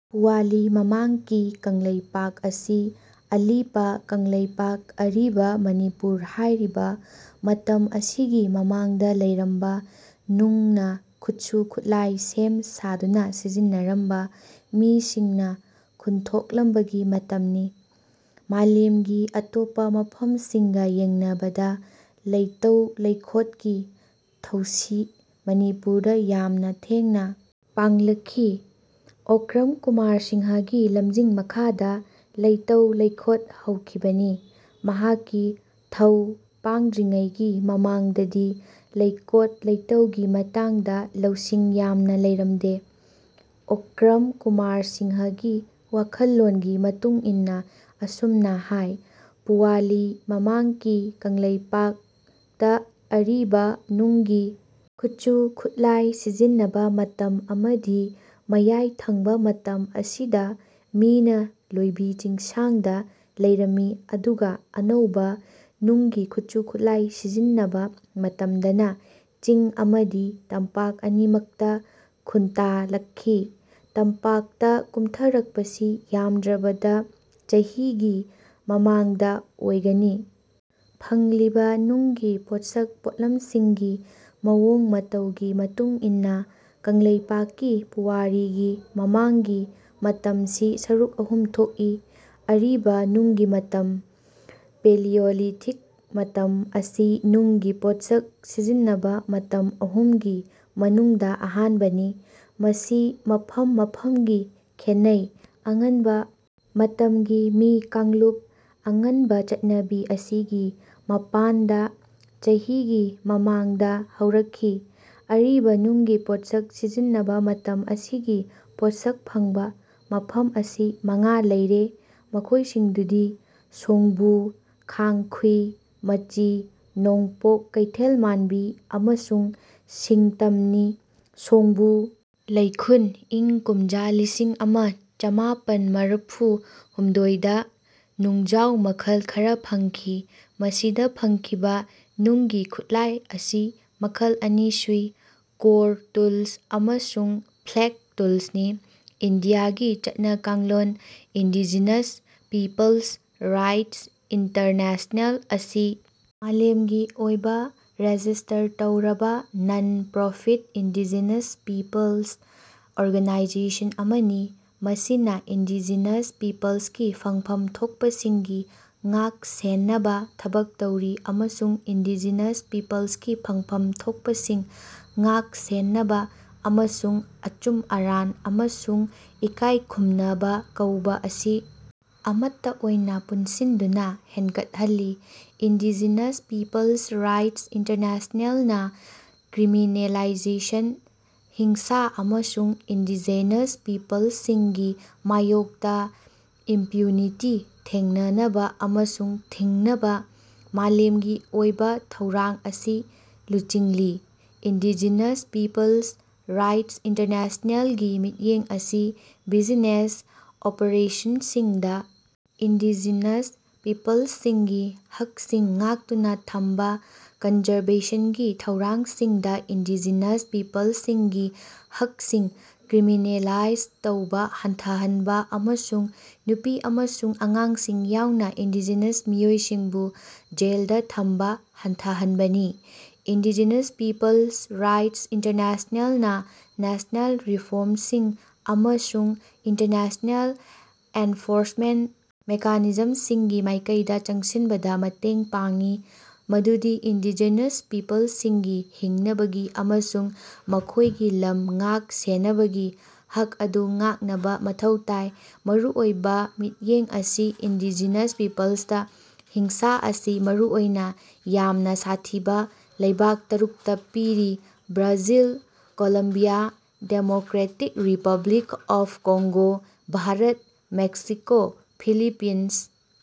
ꯄꯨꯋꯥꯂꯤ ꯃꯃꯥꯡꯀꯤ ꯀꯪꯂꯩꯄꯥꯛ ꯑꯁꯤ ꯑꯂꯤꯄ ꯀꯪꯂꯩꯄꯥꯛ ꯑꯔꯤꯕ ꯃꯅꯤꯄꯨꯔ ꯍꯥꯢꯔꯤꯕ ꯃꯇꯝ ꯑꯁꯤꯒꯤ ꯃꯃꯥꯡꯗ ꯂꯩꯔꯝꯕ ꯅꯨꯡꯅ ꯈꯨꯠꯁꯨ ꯈꯨꯠꯂꯥꯢ ꯁꯦꯝ ꯁꯥꯗꯨꯅ ꯁꯤꯖꯤꯟꯅꯔꯝꯕ ꯃꯤꯁꯤꯡꯅ ꯈꯨꯟꯊꯣꯛꯂꯝꯕꯒꯤ ꯃꯇꯝꯅꯤ꯫ ꯃꯥꯂꯦꯝꯒꯤ ꯑꯇꯣꯞꯄ ꯃꯐꯝꯁꯤꯡꯒ ꯌꯦꯡꯅꯕꯗ ꯂꯩꯇꯧ ꯂꯩꯈꯣꯠ ꯀꯤ ꯊꯧꯁꯤ ꯃꯅꯤꯄꯨꯔꯗ ꯌꯥꯝꯅ ꯊꯦꯡꯅ ꯄꯥꯡꯂꯛꯈꯤ꯫ ꯑꯣꯀ꯭ꯔꯝ ꯀꯨꯃꯥꯔ ꯁꯤꯡꯍꯒꯤ ꯂꯝꯖꯤꯡ ꯃꯈꯥꯗ ꯂꯩꯇꯧ ꯂꯩꯈꯣꯠ ꯍꯧꯈꯤꯕꯅꯤ꯫ ꯃꯍꯥꯛꯀꯤ ꯊꯧ ꯄꯥꯡꯗ꯭ꯔꯤꯉꯩꯒꯤ ꯃꯃꯥꯡꯗꯗꯤ ꯂꯩꯀꯣꯠ ꯂꯩꯇꯧꯒꯤ ꯃꯇꯥꯡꯗ ꯂꯧꯁꯤꯡ ꯌꯥꯝꯅ ꯂꯩꯔꯝꯗꯦ꯫ ꯑꯣꯀ꯭ꯔꯝ ꯀꯨꯃꯥꯔ ꯁꯤꯡꯍ ꯒꯤ ꯋꯥꯈꯜꯂꯣꯟꯒꯤ ꯃꯇꯨꯡꯏꯟꯅ ꯑꯁꯨꯝꯅ ꯍꯥꯢ ꯄꯨꯋꯥꯂꯤ ꯃꯃꯥꯡꯀꯤ ꯀꯪꯂꯩꯄꯥꯛ ꯇ ꯑꯔꯤꯕ ꯅꯨꯡꯒꯤ ꯈꯨꯠꯁꯨ ꯈꯨꯠꯂꯥꯢ ꯁꯤꯖꯤꯟꯅꯕ ꯃꯇꯝ ꯑꯃꯗꯤ ꯃꯌꯥꯢ ꯊꯪꯕ ꯃꯇꯝ ꯑꯁꯤꯗ ꯃꯤꯅ ꯂꯣꯢꯕꯤ ꯆꯤꯡꯁꯤꯡꯗ ꯂꯩꯔꯝꯃꯤ ꯑꯗꯨꯒ ꯑꯅꯧꯕ ꯅꯨꯡꯒꯤ ꯈꯨꯠꯁꯨ ꯈꯨꯠꯂꯥꯢ ꯁꯤꯖꯤꯟꯅꯕ ꯃꯇꯝꯗꯅ ꯆꯤꯡ ꯑꯃꯗꯤ ꯇꯝꯄꯥꯛ ꯑꯅꯤꯃꯛꯇ ꯈꯨꯟꯇꯥꯂꯛꯈꯤ꯫ ꯇꯝꯄꯥꯛ ꯇ ꯀꯨꯝꯊꯔꯛꯄꯁꯤ ꯌꯥꯝꯗ꯭ꯔꯕꯗ ꯆꯍꯤ ꯒꯤ ꯃꯃꯥꯡꯗ ꯑꯣꯢꯒꯅꯤ꯫ ꯐꯪꯂꯤꯕ ꯅꯨꯡꯒꯤ ꯄꯣꯠꯁꯛ ꯄꯣꯠꯂꯝꯁꯤꯡꯒꯤ ꯃꯑꯣꯡ ꯃꯇꯧꯒꯤ ꯃꯇꯨꯡꯏꯟꯅ ꯀꯪꯂꯩꯄꯥꯛꯀꯤ ꯄꯨꯋꯥꯔꯤꯒꯤ ꯃꯃꯥꯡꯒꯤ ꯃꯇꯝꯁꯤ ꯁꯔꯨꯛ ꯑꯍꯨꯝ ꯊꯣꯛꯏ꯫ ꯑꯔꯤꯕ ꯅꯨꯡꯒꯤ ꯃꯇꯝ ꯄꯦꯂꯤꯌꯣꯂꯤꯊꯤꯛ ꯃꯇꯝ ꯑꯁꯤ ꯅꯨꯡꯒꯤ ꯄꯣꯠꯁꯛ ꯁꯤꯖꯤꯟꯅꯕ ꯃꯇꯝ ꯑꯍꯨꯝꯒꯤ ꯃꯅꯨꯡꯗ ꯑꯍꯥꯟꯕ ꯅꯤ꯫ ꯃꯁꯤ ꯃꯐꯝ ꯃꯐꯝꯒꯤ ꯈꯦꯟꯅꯩ꯫ ꯑꯉꯟꯕ ꯃꯇꯝꯒꯤ ꯃꯤ ꯀꯥꯡꯂꯨꯞ ꯑꯉꯟꯕ ꯆꯠꯅꯕꯤ ꯑꯁꯤ ꯒꯤ ꯃꯄꯥꯟꯗ ꯆꯍꯤ ꯒꯤ ꯃꯃꯥꯡꯗ ꯍꯧꯔꯛꯈꯤ꯫ ꯑꯔꯤꯕ ꯅꯨꯡꯒꯤ ꯄꯣꯠꯁꯛ ꯁꯤꯖꯤꯟꯅꯕ ꯃꯇꯝ ꯑꯁꯤꯒꯤ ꯄꯣꯠꯁꯛ ꯐꯪꯕ ꯃꯐꯝ ꯑꯁꯤ ꯃꯉꯥ ꯂꯩꯔꯦ ꯃꯈꯣꯢꯁꯤꯡꯗꯨꯗꯤ ꯁꯣꯡꯕꯨ ꯈꯥꯡꯈꯨꯏ ꯃꯆꯤ ꯅꯣꯡꯄꯣꯛ ꯀꯩꯊꯦꯜꯃꯥꯟꯕꯤ ꯑꯃꯁꯨꯡ ꯁꯤꯡꯇꯝꯅꯤ꯫ ꯁꯣꯡꯕꯨ ꯂꯩꯈꯨꯟ ꯏꯪ ꯀꯨꯝꯖꯥ ꯂꯤꯁꯤꯡ ꯑꯃ ꯆꯃꯥꯄꯟ ꯃꯔꯐꯨ ꯍꯨꯝꯗꯣꯏꯗ ꯅꯨꯡꯖꯥꯎ ꯃꯈꯜ ꯈꯔꯥ ꯐꯪꯈꯤ꯫ ꯃꯁꯤꯗ ꯐꯪꯈꯤꯕ ꯅꯨꯡꯒꯤ ꯈꯨꯠꯂꯥꯏ ꯑꯁꯤ ꯃꯈꯜ ꯑꯅꯤ ꯁꯨꯏ ꯀꯣꯔ ꯇꯨꯜꯁ ꯑꯃꯁꯨꯡ ꯐ꯭ꯂꯦꯛ ꯇꯨꯜꯁꯅꯤ꯫ ꯏꯟꯗꯤꯌꯥꯒꯤ ꯆꯠꯅ ꯀꯥꯡꯂꯣꯟ ꯏꯟꯗꯤꯖꯤꯅꯁ ꯄꯤꯄꯜ꯭ꯁ ꯔꯥꯏꯠꯁ ꯏꯟꯇꯔꯅꯦꯁꯅꯦꯜ ꯑꯁꯤ ꯃꯥꯂꯦꯝꯒꯤ ꯑꯣꯏꯕ ꯔꯦꯖꯤꯁ꯭ꯇꯔ ꯇꯧꯔꯕ non profit indigenous peoples organisation ꯑꯃꯅꯤ꯫ ꯃꯁꯤꯅ ꯏꯟꯗꯤꯖꯤꯅꯁ ꯄꯤꯄꯜ꯭ꯁꯀꯤ ꯐꯪꯐꯝ ꯊꯣꯛꯄꯁꯤꯡꯒꯤ ꯉꯥꯛ ꯁꯦꯟꯅꯕ ꯊꯕꯛ ꯇꯧꯔꯤ ꯑꯃꯁꯨꯡ ꯏꯟꯗꯤꯖꯤꯅꯁ ꯄꯤꯄꯜ꯭ꯁꯀꯤ ꯐꯪꯐꯝ ꯊꯣꯛꯄꯁꯤꯡ ꯉꯥꯛ ꯁꯦꯟꯅꯕ ꯑꯃꯁꯨꯡ ꯑꯆꯨꯝ ꯑꯔꯥꯟ ꯑꯃꯁꯨꯡ ꯏꯀꯥꯏꯈꯨꯝꯅꯕ ꯀꯧꯕ ꯑꯁꯤ ꯑꯃꯠꯇ ꯑꯣꯏꯅ ꯄꯨꯟꯁꯤꯟꯗꯨꯅ ꯍꯦꯟꯒꯠꯍꯜꯂꯤ꯫ ꯏꯟꯗꯤꯖꯤꯅꯁ ꯄꯤꯄꯜ꯭ꯁ ꯔꯥꯏꯠꯁ ꯏꯟꯇꯔꯅꯦꯁꯅꯦꯜ ꯅꯥ ꯀ꯭ꯔꯤꯃꯤꯅꯦꯂꯥꯏꯖꯦꯁꯟ ꯍꯤꯡꯁꯥ ꯑꯃꯁꯨꯡ ꯏꯟꯗꯤꯖꯦꯅꯁ ꯄꯤꯄꯜꯁꯤꯡꯒꯤ ꯃꯥꯌꯣꯛꯇꯥ ꯏꯝꯄ꯭ꯌꯨꯅꯤꯇꯤ ꯊꯦꯡꯅꯅꯕꯥ ꯑꯃꯁꯨꯡ ꯊꯤꯡꯅꯕꯥ ꯃꯥꯂꯦꯝꯒꯤ ꯑꯣꯏꯕꯥ ꯊꯧꯔꯥꯡ ꯑꯁꯤ ꯂꯨꯆꯤꯡꯂꯤ꯫ ꯏꯟꯗꯤꯖꯤꯅꯁ ꯄꯤꯄꯜ꯭ꯁ ꯔꯥꯏꯠꯁ ꯏꯟꯇꯔꯅꯦꯁꯅꯦꯜ ꯒꯤ ꯃꯤꯠꯌꯦꯡ ꯑꯁꯤ ꯕꯤꯖꯤꯅꯦꯁ ꯑꯣꯄꯔꯦꯁꯟꯁꯤꯡꯗꯥ ꯏꯟꯗꯤꯖꯤꯅꯁ ꯄꯤꯄꯜꯁꯤꯡꯒꯤ ꯍꯛꯁꯤꯡ ꯉꯥꯛꯇꯨꯅꯥ ꯊꯝꯕꯥ ꯀꯟꯖꯔꯕꯦꯁꯟꯒꯤ ꯊꯧꯔꯥꯡꯁꯤꯡꯗꯥ ꯏꯟꯗꯤꯖꯤꯅꯁ ꯄꯤꯄꯜꯁꯤꯡꯒꯤ ꯍꯛꯁꯤꯡ ꯀ꯭ꯔꯤꯃꯤꯅꯦꯂꯥꯏꯖ ꯇꯧꯕꯥ ꯍꯟꯊꯍꯟꯕꯥ ꯑꯃꯁꯨꯡ ꯅꯨꯄꯤ ꯑꯃꯁꯨꯡ ꯑꯉꯥꯡꯁꯤꯡ ꯌꯥꯎꯅꯥ ꯏꯟꯗꯤꯖꯤꯅꯁ ꯃꯤꯑꯣꯏꯁꯤꯡꯕꯨ ꯖꯦꯜꯗꯥ ꯊꯝꯕꯥ ꯍꯟꯊꯍꯟꯕꯅꯤ꯫ ꯏꯟꯗꯤꯖꯤꯅꯁ ꯄꯤꯄꯜ꯭ꯁ ꯔꯥꯏꯠꯁ ꯏꯟꯇꯔꯅꯦꯁꯅꯦꯜ ꯅꯥ ꯅꯦꯁꯅꯦꯜ ꯔꯤꯐꯣꯔꯝꯁꯤꯡ ꯑꯃꯁꯨꯡ ꯏꯟꯇꯔꯅꯦꯁꯅꯦꯜ ꯑꯦꯟꯐꯣꯔꯁꯃꯦꯟꯠ ꯃꯦꯀꯥꯅꯤꯖꯝꯁꯤꯡꯒꯤ ꯃꯥꯏꯀꯩꯗꯥ ꯆꯪꯁꯤꯟꯕꯗꯥ ꯃꯇꯦꯡ ꯄꯥꯡꯏ ꯃꯗꯨꯗꯤ ꯏꯟꯗꯤꯖꯤꯅꯁ ꯄꯤꯄꯜꯁꯤꯡꯒꯤ ꯍꯤꯡꯅꯕꯒꯤ ꯑꯃꯁꯨꯡ ꯃꯈꯣꯏꯒꯤ ꯂꯝ ꯉꯥꯛ ꯁꯦꯅꯕꯒꯤ ꯍꯛ ꯑꯗꯨ ꯉꯥꯛꯅꯕꯥ ꯃꯊꯧ ꯇꯥꯏ꯫ ꯃꯔꯨꯑꯣꯏꯕꯥ ꯃꯤꯠꯌꯦꯡ ꯑꯁꯤ ꯏꯟꯗꯤꯖꯤꯅꯁ ꯄꯤꯄꯜꯁꯇꯥ ꯍꯤꯡꯁꯥ ꯑꯁꯤ ꯃꯔꯨꯑꯣꯏꯅꯥ ꯌꯥꯝꯅꯥ ꯁꯥꯊꯤꯕꯥ ꯂꯩꯕꯥꯛ ꯇꯔꯨꯛꯇꯥ ꯄꯤꯔꯤ Brazil Colombia Democratic Republic of Congo Bharat Mexico Philippines.